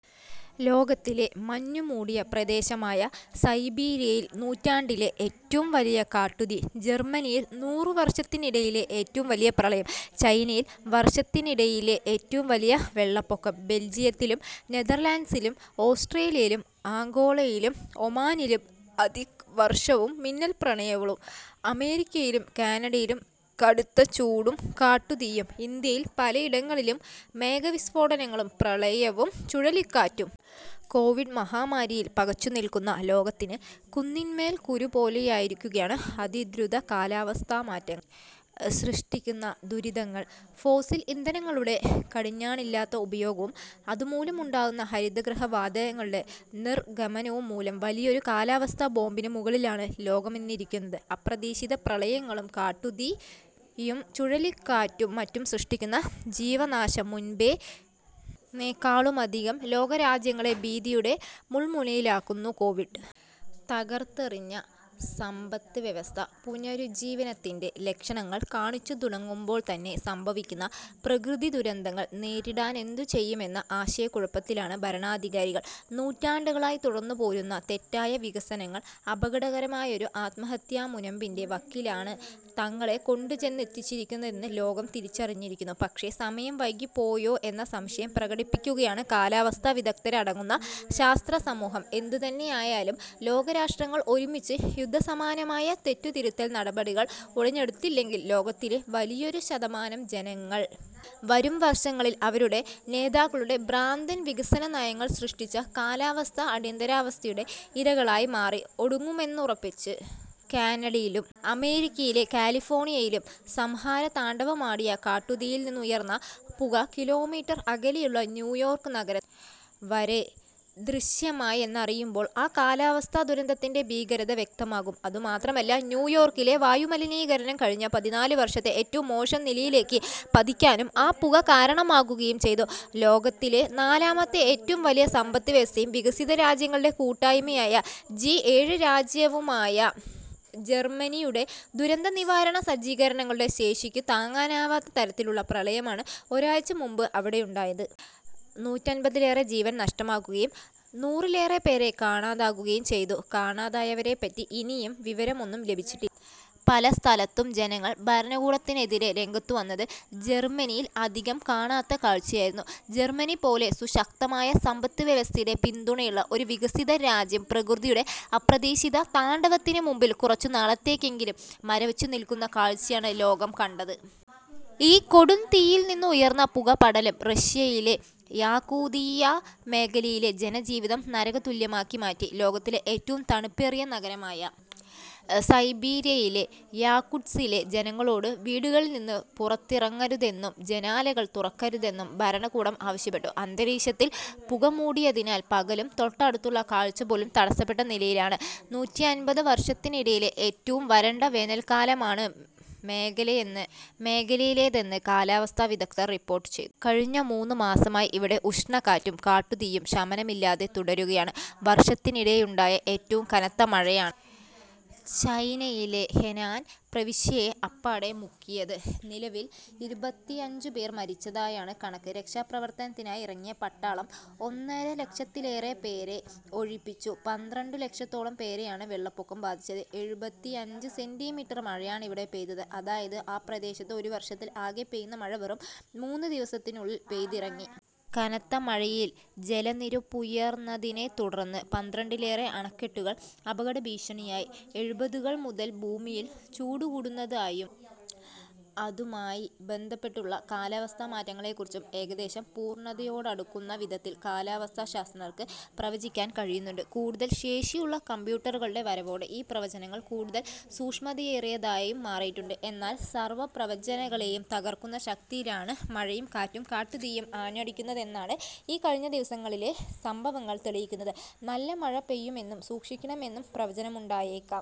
ലോകത്തിലെ മഞ്ഞുമൂടിയ പ്രദേശമായ സൈബീരിയയിൽ നൂറ്റാണ്ടിലെ ഏറ്റവും വലിയ കാട്ടുതീ. ജർമനിയിൽ നൂറു വർഷത്തിനിടയിലെ ഏറ്റവും വലിയ പ്രളയം. ചൈനയിൽ വർഷത്തിനിടയിലെ ഏറ്റവും വലിയ വെള്ളപ്പൊക്കം. ബെൽജിയത്തിലും നെതർലൻഡ്സിലും ഓസ്ട്രേലിയയിലും അംഗോളയിലും ഒമാനിലും അതിവർഷവും മിന്നൽപ്രളയവും. അമേരിക്കയിലും കാനഡയിലും കടുത്ത ചൂടും കാട്ടുതീയും. ഇന്ത്യയിൽ പലയിടങ്ങളിലും മേഘവിസ്ഫോടനങ്ങളും പ്രളയവും ചുഴലിക്കാറ്റും. കോവിഡ് മഹാമാരിയിൽ പകച്ചുനിൽക്കുന്ന ലോകത്തിന് കൂന്നിന്മേൽ കുരു പോലെയായിരിക്കുകയാണ് അതിദ്രുത കാലാവസ്ഥാമാറ്റങ്ങൾ സൃഷ്ടിക്കുന്ന ദുരിതങ്ങൾ. ഫോസിൽ ഇന്ധനങ്ങളുടെ കടിഞ്ഞാണില്ലാത്ത ഉപയോഗവും അതുമൂലമുണ്ടാകുന്ന ഹരിതഗൃഹ വാതകങ്ങളുടെ നിർഗമനവും മൂലം വലിയൊരു കാലാവസ്ഥാ ബോംബിനു മുകളിലാണ് ലോകമിന്നിരിക്കുന്നത്. അപ്രതീക്ഷിത പ്രളയങ്ങളും കാട്ടുതീയും ചുഴലിക്കാറ്റും മറ്റും സൃഷ്ടിക്കുന്ന ജീവനാശം മുൻപെന്നേക്കാളുമധികം ലോകരാജ്യങ്ങളെ ഭീതിയുടെ മുൾമുനയിലാക്കുന്നു. കോവിഡ് തകർത്തെറിഞ്ഞ സമ്പദ്വ്യവസ്ഥ പുനരുജ്ജീവനത്തിൻ്റെ ലക്ഷണങ്ങൾ കാണിച്ചുതുടങ്ങുമ്പോൾ തന്നെ സംഭവിക്കുന്ന പ്രകൃതിദുരന്തങ്ങൾ നേരിടാനെന്തു ചെയ്യുമെന്ന ആശയക്കുഴപ്പത്തിലാണ് ഭരണാധികാരികൾ. നൂറ്റാണ്ടുകളായി തുടർന്നുപോരുന്ന തെറ്റായ വികസനങ്ങൾ അപകടകരമായൊരു ആത്മഹത്യാമുനമ്പിൻ്റെ വക്കിലാണ് തങ്ങളെ കൊണ്ടുചെന്നെത്തിച്ചിരിക്കുന്നതെന്ന് ലോകം തിരിച്ചറിഞ്ഞിരിക്കുന്നു. പക്ഷേ, സമയം വൈകിപ്പോയോ എന്ന സംശയം പ്രകടിപ്പിക്കുകയാണ് കാലാവസ്ഥാ വിദഗ്ധരടങ്ങുന്ന ശാസ്ത്രസമൂഹം. എന്തുതന്നെയായാലും ലോകരാഷ്ട്രങ്ങൾ ഒരുമിച്ച് യുദ്ധസമാനമായ തെറ്റുതിരുത്തൽ നടപടികൾ ഉടനെടുത്തില്ലെങ്കിൽ ലോകത്തിലെ വലിയൊരു ശതമാനം ജനങ്ങൾ വരും വർഷങ്ങളിൽ അവരുടെ നേതാക്കളുടെ ഭ്രാന്തൻ വികസനനയങ്ങൾ സൃഷ്ടിച്ച കാലാവസ്ഥാ അടിയന്തരാവസ്ഥയുടെ ഇരകളായി മാറി ഒടുങ്ങുമെന്നുറപ്പിച്ച് .കാനഡയിലും അമേരിക്കയിലെ കലിഫോർണിയയിലും സംഹാരതാണ്ഡവമാടിയ കാട്ടുതീയിൽനിന്നുയർന്ന പുക കിലോമീറ്റർ അകലെയുള്ള ന്യൂയോർക്ക് നഗരം വരെ ദൃശ്യമായി എന്നറിയുമ്പോൾ ആ കാലാവസ്ഥാദുരന്തത്തിൻ്റെ ഭീകരത വ്യക്തമാകും. അതുമാത്രമല്ല, ന്യൂയോർക്കിലെ വായുമലിനീകരണം കഴിഞ്ഞ പതിനാലു വർഷത്തെ ഏറ്റവും മോശം നിലയിലേക്കു പതിക്കാനും ആ പുക കാരണമാകുകയും ചെയ്തു. ലോകത്തിലെ നാലാമത്തെ ഏറ്റവും വലിയ സമ്പദ്‌വ്യവസ്ഥയും വികസിത രാജ്യങ്ങളുടെ കൂട്ടായ്മയായ ജി ഏഴ് രാജ്യവുമായ ജർമനിയുടെ ദുരന്തനിവാരണ സജ്ജീകരണങ്ങളുടെ ശേഷിക്കു താങ്ങാനാകാത്ത തരത്തിലുള്ള പ്രളയമാണ് ഒരാഴ്ച മുൻപ് അവിടെയുണ്ടായത്. നൂറ്റൻപതിലേറെ ജീവൻ നഷ്ടമാകുകയും നൂറിലേറെപ്പേരെ കാണാതാകുകയും ചെയ്തു. കാണാതായവരെപ്പറ്റി ഇനിയും വിവരമൊന്നും ലഭിച്ചിട്ടില്ല. പല സ്ഥലത്തും ജനങ്ങൾ ഭരണകൂടത്തിനെതിരെ രംഗത്തുവന്നത് ജർമനിയിൽ അധികം കാണാത്ത കാഴ്ചയായിരുന്നു. ജർമനിപോലെ സുശക്തമായ സമ്പദ്‌വ്യവസ്ഥയുടെ പിന്തുണയുള്ള ഒരു വികസിത രാജ്യം പ്രകൃതിയുടെ അപ്രതീക്ഷിത താണ്ഡവത്തിനു മുൻപിൽ കുറച്ചുനാളത്തേക്കെങ്കിലും മരവിച്ചുനിൽക്കുന്ന കാഴ്ചയാണ് ലോകം കണ്ടത്. ഈ കൊടുംതീയിൽനിന്നുയർന്ന പുകപടലം റഷ്യയിലെ യാകുതിയ മേഖലയിലെ ജനജീവിതം നരകതുല്യമാക്കി മാറ്റി. ലോകത്തിലെ ഏറ്റവും തണുപ്പേറിയ നഗരമായ സൈബീരിയയിലെ യാകുട്സ്കിലെ ജനങ്ങളോട് വീടുകളിൽനിന്ന് പുറത്തിറങ്ങരുതെന്നും ജനാലകൾ തുറക്കരുതെന്നും ഭരണകൂടം ആവശ്യപ്പെട്ടു. അന്തരീക്ഷത്തിൽ പുകമൂടിയതിനാൽ പകലും തൊട്ടടുത്തുള്ള കാഴ്ചപോലും തടസ്സപ്പെട്ട നിലയിലാണ്. നൂറ്റിയൻപത് വർഷത്തിനിടയിലെ ഏറ്റവും വരണ്ട വേനൽക്കാലമാണുമേഖലയെന്നു മേഖലയിലേതെന്ന് കാലാവസ്ഥാ വിദഗ്ധർ റിപ്പോർട്ട് ചെയ്തു. കഴിഞ്ഞ മൂന്ന് മാസമായി ഇവിടെ ഉഷ്ണക്കാറ്റും കാട്ടുതീയും ശമനമില്ലാതെ തുടരുകയാണ്. വർഷത്തിനിടെയുണ്ടായ ഏറ്റവും കനത്തമഴയാണ് ചൈനയിലെ ഹെനാൻ പ്രവിശ്യയെ അപ്പാടെ മുക്കിയത്. നിലവിൽ ഇരുപത്തിയഞ്ചുപേർ മരിച്ചതായാണ് കണക്ക്. രക്ഷാപ്രവർത്തനത്തിനായി ഇറങ്ങിയ പട്ടാളം ഒന്നരലക്ഷത്തിലേറെ പേരെ ഒഴിപ്പിച്ചു. പന്ത്രണ്ടുലക്ഷത്തോളം പേരെയാണ് വെള്ളപ്പൊക്കം ബാധിച്ചത്. എഴുപത്തിയഞ്ച് സെന്റിമീറ്റർ മഴയാണവിടെ പെയ്തത്. അതായത് ആ പ്രദേശത്ത് ഒരു വർഷത്തിൽ ആകെ പെയ്യുന്ന മഴ വെറും മൂന്ന് ദിവസത്തിനുള്ളിൽ പെയ്തിറങ്ങി. കനത്തമഴയിൽ ജലനിരപ്പുയർന്നതിനെത്തുടർന്ന് പന്ത്രണ്ടിലേറെ അണക്കെട്ടുകൾ അപകടഭീഷണിയായി .എഴുപതുകൾ മുതൽ ഭൂമിയിൽ ചൂടു കൂടുന്നതുമായും അതുമായി ബന്ധപ്പെട്ടുള്ള കാലാവസ്ഥാമാറ്റങ്ങളെക്കുറിച്ചും ഏകദേശം പൂർണതയോടടുക്കുന്ന വിധത്തിൽ കാലാവസ്ഥാശാസ്ത്രജ്ഞർക്ക് പ്രവചിക്കാൻ കഴിയുന്നുണ്ട്. കൂടുതൽ ശേഷിയുള്ള കമ്പ്യൂട്ടറുകളുടെ വരവോടെ ഈ പ്രവചനങ്ങൾ കൂടുതൽ സൂക്ഷ്മതയേറിയതായും മാറിയിട്ടുണ്ട്. എന്നാൽ സർവപ്രവചനങ്ങളെയും തകർക്കുന്ന ശക്തിയിലാണ് മഴയും കാറ്റും കാട്ടുതീയും ആഞ്ഞടിക്കുന്നതെന്നാണ് ഈ കഴിഞ്ഞ ദിവസങ്ങളിലെ സംഭവങ്ങൾ തെളിയിക്കുന്നത്. നല്ല മഴ പെയ്യുമെന്നും സൂക്ഷിക്കണമെന്നും പ്രവചനമുണ്ടായേക്കാം.